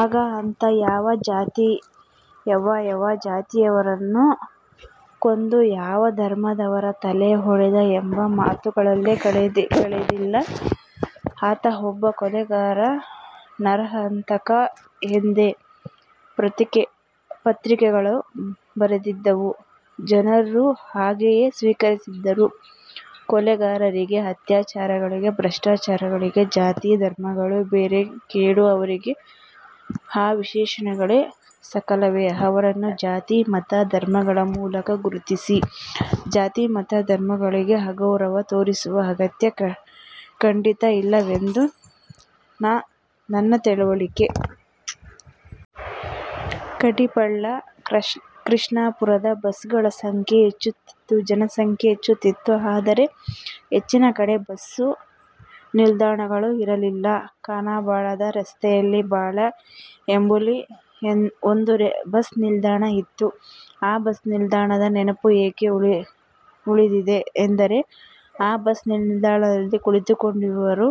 ಆಗ ಆತ ಯಾವ ಜಾತಿಯವ, ಯಾವ ಜಾತಿಯವರನ್ನು ಕೊಂದ, ಯಾವ ಧರ್ಮದವರ ತಲೆ ಒಡೆದ ಎಂಬ ಮಾತುಗಳೇ ಕೇಳಿದ್ದಿಲ್ಲ. ಆತ ಒಬ್ಬ ಕೊಲೆಗಾರ, ನರಹಂತಕ ಎಂದೇ ಪತ್ರಿಕೆಗಳು ಬರೆದಿದ್ದುವು. ಜನರೂ ಹಾಗೆಯೇ ಸ್ವೀಕರಿಸಿದ್ದರು. ಕೊಲೆಗಾರರಿಗೆ, ಅತ್ಯಾಚಾರಿಗಳಿಗೆ, ಭ್ರಷ್ಟಾಚಾರಿಗಳಿಗೆ ಜಾತಿ, ಧರ್ಮಗಳು ಬೇರೆ ಕೇಡು. ಅವರಿಗೆ ಆ ವಿಶೇಷಣಗಳೇ ಸಾಕಲ್ಲವೇ ಅವರನ್ನು ಜಾತಿ, ಮತ, ಧರ್ಮಗಳ ಮೂಲಕ ಗುರುತಿಸಿ ಜಾತಿ, ಮತ, ಧರ್ಮಗಳಿಗೆ ಅಗೌರವ ತೋರಿಸುವ ಅಗತ್ಯ ಖಂಡಿತ ಇಲ್ಲವೆಂದೇ ನನ್ನ ತಿಳುವಳಿಕೆ. ಕಾಟಿಪಳ್ಳ, ಕೃಷ್ಣಾಪುರದ ಬಸ್ಸುಗಳ ಸಂಖ್ಯೆ ಹೆಚ್ಚುತ್ತಿತ್ತು. ಜನಸಂಖ್ಯೆ ಹೆಚ್ಚುತ್ತಿತ್ತು. ಆದರೆ ಹೆಚ್ಚಿನ ಕಡೆ ಬಸ್ಸು ನಿಲ್ದಾಣಗಳು ಇರಲಿಲ್ಲ. ಕಾನ ಬಾಳದ ರಸ್ತೆಯಲ್ಲಿ ಬಾಳ ಎಂಬಲ್ಲಿ ಒಂದು ಬಸ್ ನಿಲ್ದಾಣ ಇತ್ತು. ಆ ಬಸ್ಸು ನಿಲ್ದಾಣದ ನೆನಪು ಯಾಕೆ ಉಳಿದಿದೆ ಎಂದರೆ ಈ ಬಸ್ಸು ನಿಲ್ದಾಣದಲ್ಲಿ ಕುಳಿತುಕೊಂಡವರು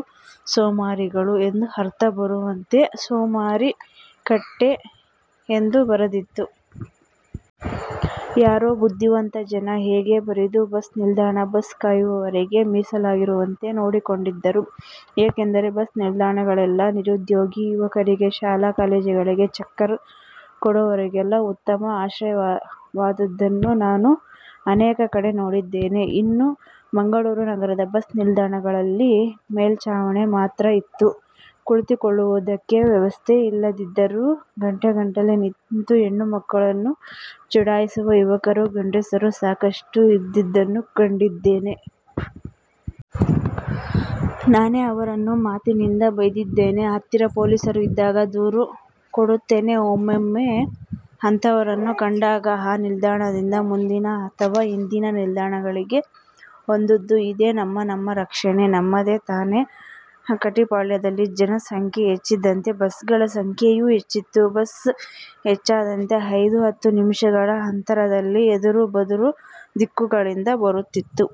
ಸೋಮಾರಿಗಳು ಎಂದು ಅರ್ಥ ಬರುವಂತೆ 'ಸೋಮಾರಿ ಕಟ್ಟೆ' ಎಂದು ಬರೆದಿತ್ತು. ಯಾರೋ ಬುದ್ಧಿವಂತ ಜನ ಹೀಗೆ ಬರೆದು ಬಸ್ಸು ನಿಲ್ದಾಣ ಬಸ್ಸು ಕಾಯುವವರಿಗೇ ಮೀಸಲಾಗಿರುವಂತೆ ನೋಡಿಕೊಂಡಿದ್ದರು. ಯಾಕೆಂದರೆ ಬಸ್ಸು ನಿಲ್ದಾಣಗಳೆಲ್ಲ ನಿರುದ್ಯೋಗಿ ಯುವಕರಿಗೆ, ಶಾಲಾ ಕಾಲೇಜುಗಳಿಗೆ ಚಕ್ಕರ್ ಕೊಡುವವರಿಗೆಲ್ಲ ಉತ್ತಮ ಆಶ್ರಯವಾದುದನ್ನು ನಾನು ಅನೇಕ ಕಡೆ ನೋಡಿದ್ದೇನೆ. ಇನ್ನು ಮಂಗಳೂರು ನಗರದ ಬಸ್ ನಿಲ್ದಾಣಗಳಲ್ಲಿ ಮೇಲ್ಛಾವಣಿ ಮಾತ್ರ ಇದ್ದು ಕುಳಿತುಕೊಳ್ಳುವುದಕ್ಕೆ ವ್ಯವಸ್ಥೆ ಇಲ್ಲದಿದ್ದರೂ ಗಂಟೆಗಟ್ಟಲೆ ನಿಂತು ಹೆಣ್ಣು ಮಕ್ಕಳನ್ನು ಚುಡಾಯಿಸುವ ಯುವಕರು, ಗಂಡಸರೂ ಸಾಕಷ್ಟು ಇದ್ದುದನ್ನು ಕಂಡಿದ್ದೇನೆ. ನಾನೇ ಅವರನ್ನು ಮಾತಿನಿಂದ ಬೈದಿದ್ದೇನೆ, ಹತ್ತಿರ ಪೊಲೀಸರು ಇದ್ದಾಗ ದೂರು ಕೊಟ್ಟಿದ್ದೇನೆ. ಒಮ್ಮೊಮ್ಮೆ ಅಂತಹವರನ್ನು ಕಂಡಾಗ ಆ ನಿಲ್ದಾಣದಿಂದ ಮುಂದಿನ ಅಥವಾ ಹಿಂದಿನ ನಿಲ್ದಾಣಗಳಿಗೆ ಹೋದುದೂ ಇದೆ. ನಮ್ಮ ನಮ್ಮ ರಕ್ಷಣೆ ನಮ್ಮದೇ ತಾನೇ ಕಾಟಿಪಳ್ಳದಲ್ಲಿ ಜನ ಸಂಖ್ಯೆ ಹೆಚ್ಚಿದಂತೆ ಬಸ್ಸುಗಳ ಸಂಖ್ಯೆಯೂ ಹೆಚ್ಚಿತು. ಬಸ್ಸು ಹೆಚ್ಚಾದಂತೆ ಐದು ಹತ್ತು ನಿಮಿಷಗಳ ಅಂತರದಲ್ಲಿ ಎದುರು ಬದುರು ದಿಕ್ಕುಗಳಿಂದ ಬರುತ್ತಿತ್ತು.